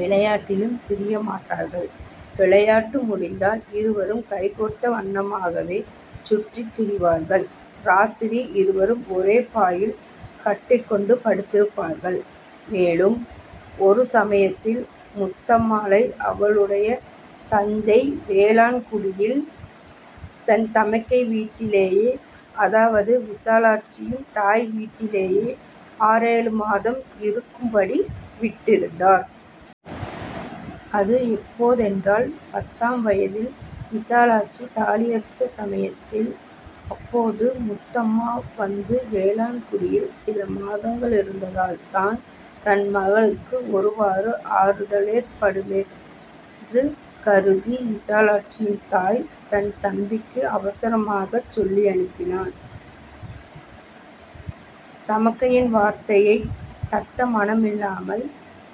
விளையாட்டிலும் பிரிய மாட்டார்கள். விளையாட்டு முடிந்தால் இருவரும் கைகோத்த வண்ணமாகவே சுற்றித் திரிவார்கள். இராத்திரி, இருவரும் ஒரே பாயில் கட்டிக் கொண்டு படுத்திருப்பார்கள். மேலும், ஒரு சமயத்தில் முத்தம்மாளை அவளுடைய தந்தை வேளாண்குடியில் தன் தமக்கை வீட்டிலேயே, அதாவது, விசாலாட்சியின் தாய் வீட்டிலேயே, ஆறேழு மாதம் இருக்கும்படி விட்டிருந்தார். அது எப்போதென்றால், பத்தாம் வயதில் விசாலாட்சி தாலியறுத்த சமயத்தில், அப்போது முத்தம்மா வந்து வேளாண்குடியில் சில மாதங்களிருந்தால்தான் தன் மகளுக்கு ஒருவாறு ஆறுதலேற்படுமென்று கருதி விசாலாட்சியின் தாய் தன் தம்பிக்கு அவசரமாகச் சொல்லியனுப்பினான். தமக்கையின் வார்த்தையைத் தட்ட மனமில்லாமல்,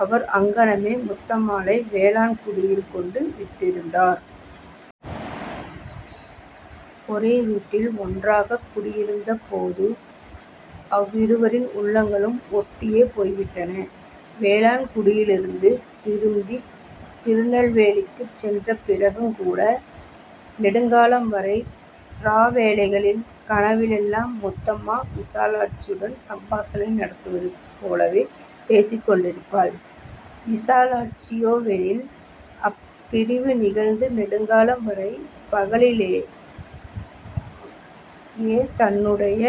அவர் அங்ஙனமே முத்தம்மாளை வேளாண்குடியில் கொண்டு விட்டிருந்தார். ஒரே வீட்டில் ஒன்றாகக் குடியிருந்தபோது அவ்விருவரின் உளங்களும் ஒட்டியே போய்விட்டன. வேளாண்குடியிலிருந்து திரும்பித் திருநெல்வேலிக்குச் சென்ற பிறகுங்கூட நெடுங்காலம் வரை இரா வேளைகளில் கனவிலெல்லாம் முத்தம்மா விசாலாட்சியுடன் சம்பாஷணை நடத்துவது போலவே பேசிக் கொண்டிருப்பாள். விசாலாட்சியோவெனில், அப்பிரிவு நிகழ்ந்து நெடுங்காலம் வரை பகலிலேயே தன்னுடைய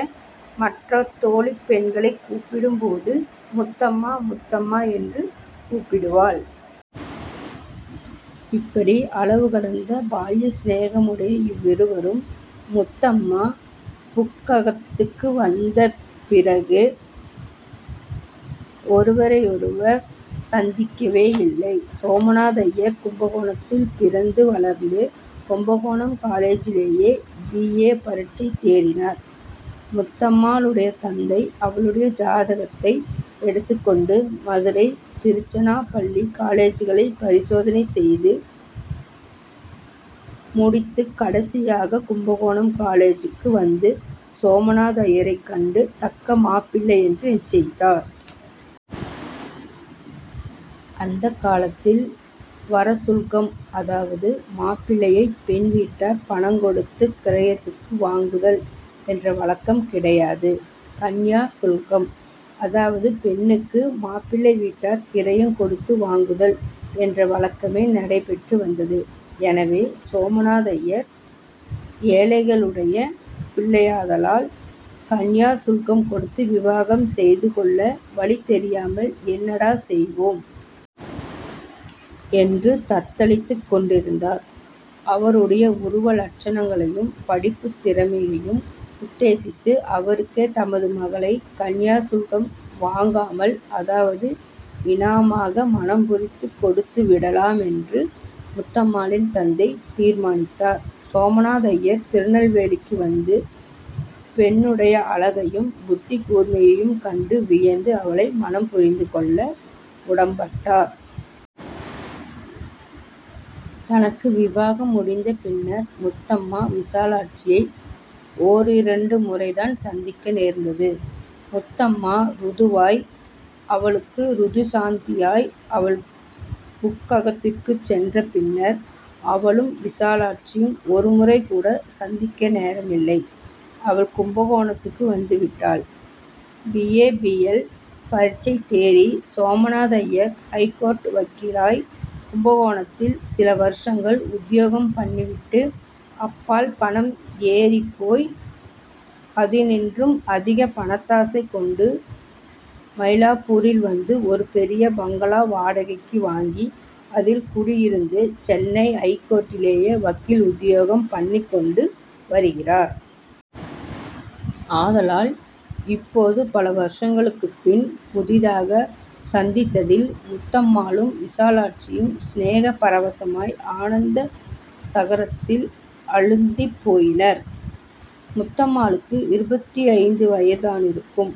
மற்றத் தோழிப் பெண்களைக் கூப்பிடும்போது 'முத்தம்மா, முத்தம்மா' என்று கூப்பிடுவாள். இப்படி அளவு கடந்த பால்ய சிநேகமுடைய இவ்விருவரும், முத்தம்மா புக்கத்துக்கு வந்த பிறகு ஒருவரையருவர் சந்திக்கவேயில்லை. சோமநாதய்யர் கும்பகோணத்தில் பிறந்து வளர்ந்து கும்பகோணம் காலேஜிலேயே பீ. ஏ. பரீட்சை தேறினார். முத்தம்மாளுடைய தந்தை அவளுடைய ஜாதகத்தை எடுத்துக்கொண்டு மதுரை, திருச்சினாப்பள்ளி, காலேஜ்களைப் பரிசோதனை செய்து முடித்துக் கடைசியாகக் கும்பகோணம் காலேஜுக்கு வந்து சோமநாதய்யரைக் கண்டு தக்க மாப்பிள்ளையென்று நிச்சயித்தார். அந்தக் காலத்தில் வரசுல்கம்-அதாவது மாப்பிள்ளையைப் பெண் வீட்டார் பணங் கொடுத்துக் கிரயத்துக்கு வாங்குதல்-என்ற வழக்கம் கிடையாது. கன்யா சுல்கம்-அதாவது பெண்ணுக்கு மாப்பிள்ளை வீட்டார் கிரயங் கொடுத்து வாங்குதல்-என்ற வழக்கமே நடைபெற்று வந்தது. எனவே, சோமநாதய்யர் ஏழைகளுடைய பிள்ளையாதலால், கன்யாசுல்கம் கொடுத்து விவாகம் செய்து கொள்ள வழி தெரியாமல் ''என்னடா, செய்வோம்! '' என்று தத்தளித்துக் கொண்டிருந்தார். அவருடைய உருவ லட்சணங்களையும் படிப்புத் திறமையையும் உத்தேசித்து அவருக்கே தமது மகளைக் கன்யா சுல்கம் வாங்காமல், அதாவது இனாமாக, மணம்புரிந்து கொடுத்து விடலாமென்று முத்தம்மாளின் தந்தை தீர்மானித்தார். சோமநாதய்யர் திருநெல்வேலிக்கு வந்து பெண்ணுடைய அழகையும் புத்திக் கூர்மையையும் கண்டு வியந்து அவளை மணம்புரிந்து கொள்ள உடம்பட்டார். தனக்கு விவாகம் முடிந்த பின்னர் முத்தம்மா விசாலாட்சியை ஓரிரண்டு முறைதான் சந்திக்க நேர்ந்தது. முத்தம்மா ருதுவாய், அவளுக்கு ருது சாந்தியாய் அவள் புக்ககத்துக்குச் சென்ற பின்னர் அவளும் விசாலாட்சியும் ஒருமுறைகூட சந்திக்க நேரமில்லை. அவள் கும்பகோணத்துக்கு வந்துவிட்டாள். பி. A., B. எல். பரீட்சை தேறி, சோமநாதய்யர், ஹைகோர்ட் வக்கீலாய் கும்பகோணத்தில் சில வருஷங்கள் உத்தியோகம் பண்ணிவிட்டு, அப்பால் பணம் ஏறிப்போய் அதினின்றும் அதிகப் பணத்தாசை கொண்டு மயிலாப்பூரில் வந்து ஒரு பெரிய பங்களா வாடகைக்கு வாங்கி அதில் குடியிருந்து சென்னை ஹைகோர்ட்டிலேயே வக்கீல் உத்தியோகம் பண்ணிக்கொண்டு வருகிறார். ஆதலால், இப்போது, பல வருஷங்களுக்குப் பின் புதிதாக சந்தித்ததில், முத்தம்மாளும் விசாலாட்சியும் சிநேக பரவசமாய் ஆனந்த சாகரத்தில் அழுந்திப் போயினர். முத்தம்மாளுக்கு இருபத்தைந்து வயது தானிருக்கும்.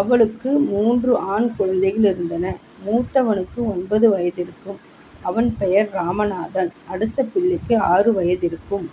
அவளுக்கு மூன்று ஆண் குழந்தைகளிருந்தன. மூத்தவனுக்கு ஒன்பது வயதிருக்கும். அவன் பெயர் ராமநாதன். அடுத்த பிள்ளைக்கு ஆறு வயதிருக்கும்.